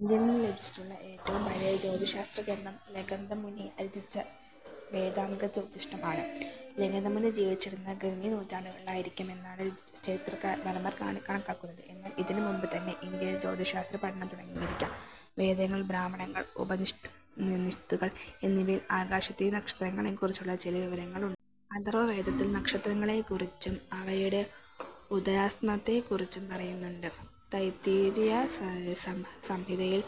ഇന്ത്യയിൽ നിന്നും ലഭിച്ചിട്ടുള്ള ഏറ്റവും പഴയ ജ്യോതിശാസ്ത്രഗ്രന്ഥം ലഗധമുനി രചിച്ച വേദാംഗജ്യോതിഷം ആണ്. ലഗധമുനി ജീവിച്ചിരുന്നത് ക്രി. മു. നൂറ്റാണ്ടുകളിലായിരിക്കാമെന്നാണ് ചരിത്രകാരന്മാർ കണക്കാക്കുന്നത്. എന്നാൽ ഇതിനും മുമ്പുതന്നെ ഇന്ത്യയിൽ ജ്യോതിശാസ്ത്ര പഠനം തുടങ്ങിയിരിക്കാം. വേദങ്ങൾ, ബ്രാഹ്മണങ്ങൾ, ഉപനിഷത്തുകൾ എന്നിവയിൽ ആകാശത്തെയും നക്ഷത്രങ്ങളെയും കുറിച്ചുള്ള ചില വിവരങ്ങൾ ഉണ്ട്. അഥർവ്വവേദത്തിൽ നക്ഷത്രങ്ങളെ കുറിച്ചും അവയുടെ ഉദയാസ്തമയത്തെ കുറിച്ചും പറയുന്നുണ്ട്. തൈത്തിരീയ സംഹിതയിൽ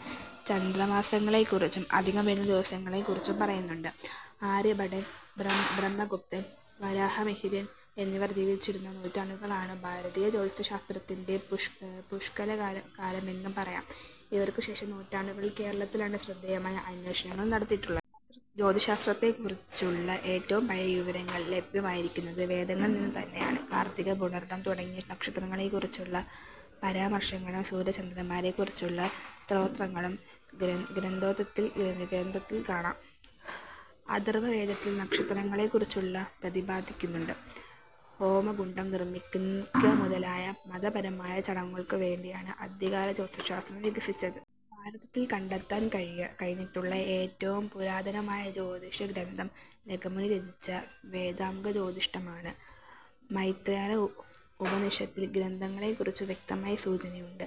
ചന്ദ്രമാസങ്ങളെ കുറിച്ചും അധികം വരുന്ന ദിവസങ്ങളെ കുറിച്ചും പറയുന്നുണ്ട്. ആര്യഭടൻ, ബ്രഹ്മഗുപ്തൻ, വരാഹമിഹിരൻ എന്നിവർ ജീവിച്ചിരുന്ന, നൂറ്റാണ്ടുകളാണ് ഭാരതീയ ജ്യോതിശാസ്ത്രത്തിന്റെ പുഷ്കലകാലമെന്നു പറയാം. ഇവർക്കു ശേഷം നൂറ്റാണ്ടുകളിൽ കേരളത്തിലാണ് ശ്രദ്ധേയമായ അന്വേഷണങ്ങൾ നടന്നിട്ടുള്ളത്. ജ്യോതിശാസ്ത്രത്തെ കുറിച്ചുള്ള ഏറ്റവും പഴയ വിവരണങ്ങൾ ലഭ്യമായിരിക്കുന്നത് വേദങ്ങളിൽ നിന്നു തന്നെയാണ്. കാർത്തിക, പുണർതം തുടങ്ങിയ നക്ഷത്രങ്ങളെ കുറിച്ചുള്ള പരാമർശങ്ങളും സൂര്യ ചന്ദ്രന്മാരെ കുറിച്ചുള്ള സ്തോത്രങ്ങളും ഋഗ്വേദത്തിൽ കാണാം. അഥർവ വേദത്തിൽ നക്ഷത്രങ്ങളെ കുറിച്ചും പ്രദിപാദിക്കുന്നുണ്ട്.. ഹോമകുണ്ഡം നിർമ്മിക്കുക മുതലായ മതപരമായ ചടങ്ങുകൾക്കു വേണ്ടിയാണ് ആദ്യകാല ജ്യോതിശാസ്ത്രം വികസിച്ചത്. ഭാരതത്തിൽ കണ്ടെത്താൻ കഴിഞ്ഞിട്ടുള്ള ഏറ്റവും പുരാതനമായ ജ്യോതിഷ ഗ്രന്ഥം ലഗധമുനി രചിച്ച വേദാംഗജ്യോതിഷം ആണ്. മൈത്രായന ഉപനിഷത്തിൽ ഗ്രഹങ്ങളെ കുറിച്ച് വ്യക്തമായ സൂചനയുണ്ട്.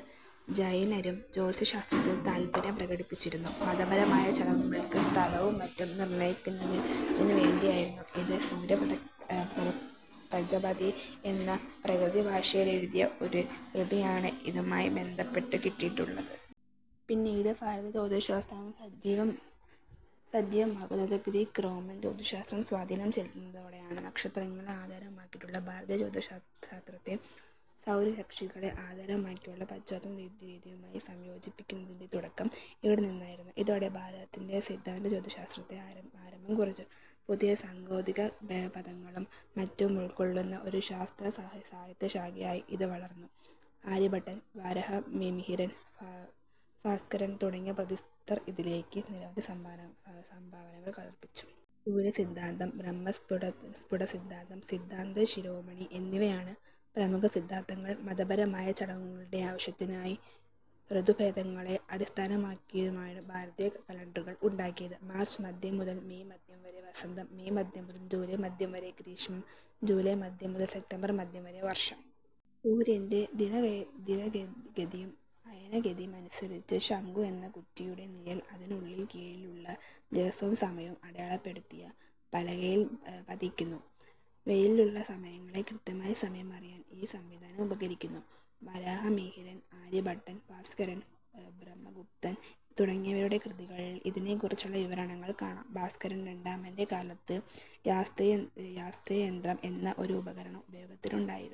ജൈനരും ജ്യോതിശാസ്ത്രത്തിൽ താൽപര്യം പ്രകടിപ്പിച്ചിരുന്നു. മതപരമായ ചടങ്ങുകൾക്ക് സ്ഥലവും മറ്റും നിർണ്ണയിക്കുന്നതിനു വേണ്ടിയയിരുന്നു ഇത്. സൂര്യപ്രജ്ഞപ്തി എന്ന പ്രാകൃതഭാഷയിലെഴുതിയ ഒരു കൃതിയണ് ഇതുമായി ബന്ധപ്പെട്ടു കിട്ടിയിട്ടുള്ളത്. പിന്നീട് ഭാരതീയ ജ്യോതിശാസ്ത്രം സജ്ജീവമാകുന്നത് ഗ്രീക്ക്-റോമൻ ജ്യോതിശാസ്ത്രം സ്വാധീനം ചെലുത്തുന്നതോടെയാണ്. നക്ഷത്രങ്ങളെ ആധാരമാക്കിയുള്ള ഭാരതീയ ജ്യോതിശാസ്ത്രത്തെ സൗരരാശികളെ ആധാരമാക്കിയുള്ള പാശ്ചാത്യ രീതിയുമായി സംയോജിപ്പിക്കുന്നതിന്റെ തുടക്കം ഇവിടെ നിന്നായിരുന്നു. ഇതോടെ ഭാരതത്തിൽ സിദ്ധാന്തജ്യോതിശാസ്ത്രത്തിന് ആരംഭം കുറിച്ചു. പുതിയ സാങ്കേതികപദങ്ങളും മറ്റുമുൾക്കൊള്ളുന്ന ഒരു ശാസ്ത്രസാഹിത്യശാഖയായി ഇത് വളർന്നു. ആര്യഭടൻ, വരാഹമിഹിരൻ, ഭാസ്കരൻ, തുടങ്ങിയ പ്രസിദ്ധർ ഇതിലേക്ക് നിരവധി സംഭാവനകളർപ്പിച്ചു. സൂര്യസിദ്ധാന്തം, ബ്രഹ്മസ്ഫുടസിദ്ധാന്തം, സിദ്ധാന്ത ശിരോമണി എന്നിവയാണ് പ്രമുഖസിദ്ധാന്തങ്ങൾ. മതപരമായ ചടങ്ങുകളുടെ ആവശ്യത്തിനായും ഋതുഭേദങ്ങളെ അടിസ്ഥാനമാക്കിയുമാണ് ഭാരതീയ കലണ്ടറുകൾ ഉണ്ടാക്കിയത്. മാർച്ച് മദ്ധ്യം മുതൽ മെയ് മദ്ധ്യം വരെ വസന്തം. മെയ് മദ്ധ്യം മുതൽ ജൂലൈ മദ്ധ്യം വരെ ഗ്രീഷ്മം. ജൂലൈ മദ്ധ്യം മുതൽ സപ്റ്റംബർ മദ്ധ്യം വരെ വർഷം. സൂര്യന്റെ ദിനഗതിയും അയനഗതിയും അനുസരിച്ച് ശങ്കു എന്ന കുറ്റിയുടെ നിഴൽ അതിനുകീഴിലുള്ള, ദിവസവും സമയവും അടയാളപ്പെടുത്തിയ പലകയിൽ പതിയ്ക്കുന്നു. വെയിലുള്ള സമയങ്ങളിൽ കൃത്യമായി സമയം അറിയാൻ ഈ സംവിധാനം ഉപകരിക്കുന്നു. വരാഹമിഹിരൻ, ആര്യഭട്ടൻ, ഭാസ്കരൻ, ഭ്രഹ്മഗുപ്തൻ തുടങ്ങിയവരുടെ കൃതികളിൽ ഇതിനെ കുറിച്ചുള്ള വിവരണങ്ങൾ കാണാം. ഭാസ്കരൻ രണ്ടാമന്റെ കാലത്ത് യാസ്തിയന്ത്രം എന്ന ഒരു ഉപകരണം ഉപയോഗത്തിലുണ്ടായിരുന്നു.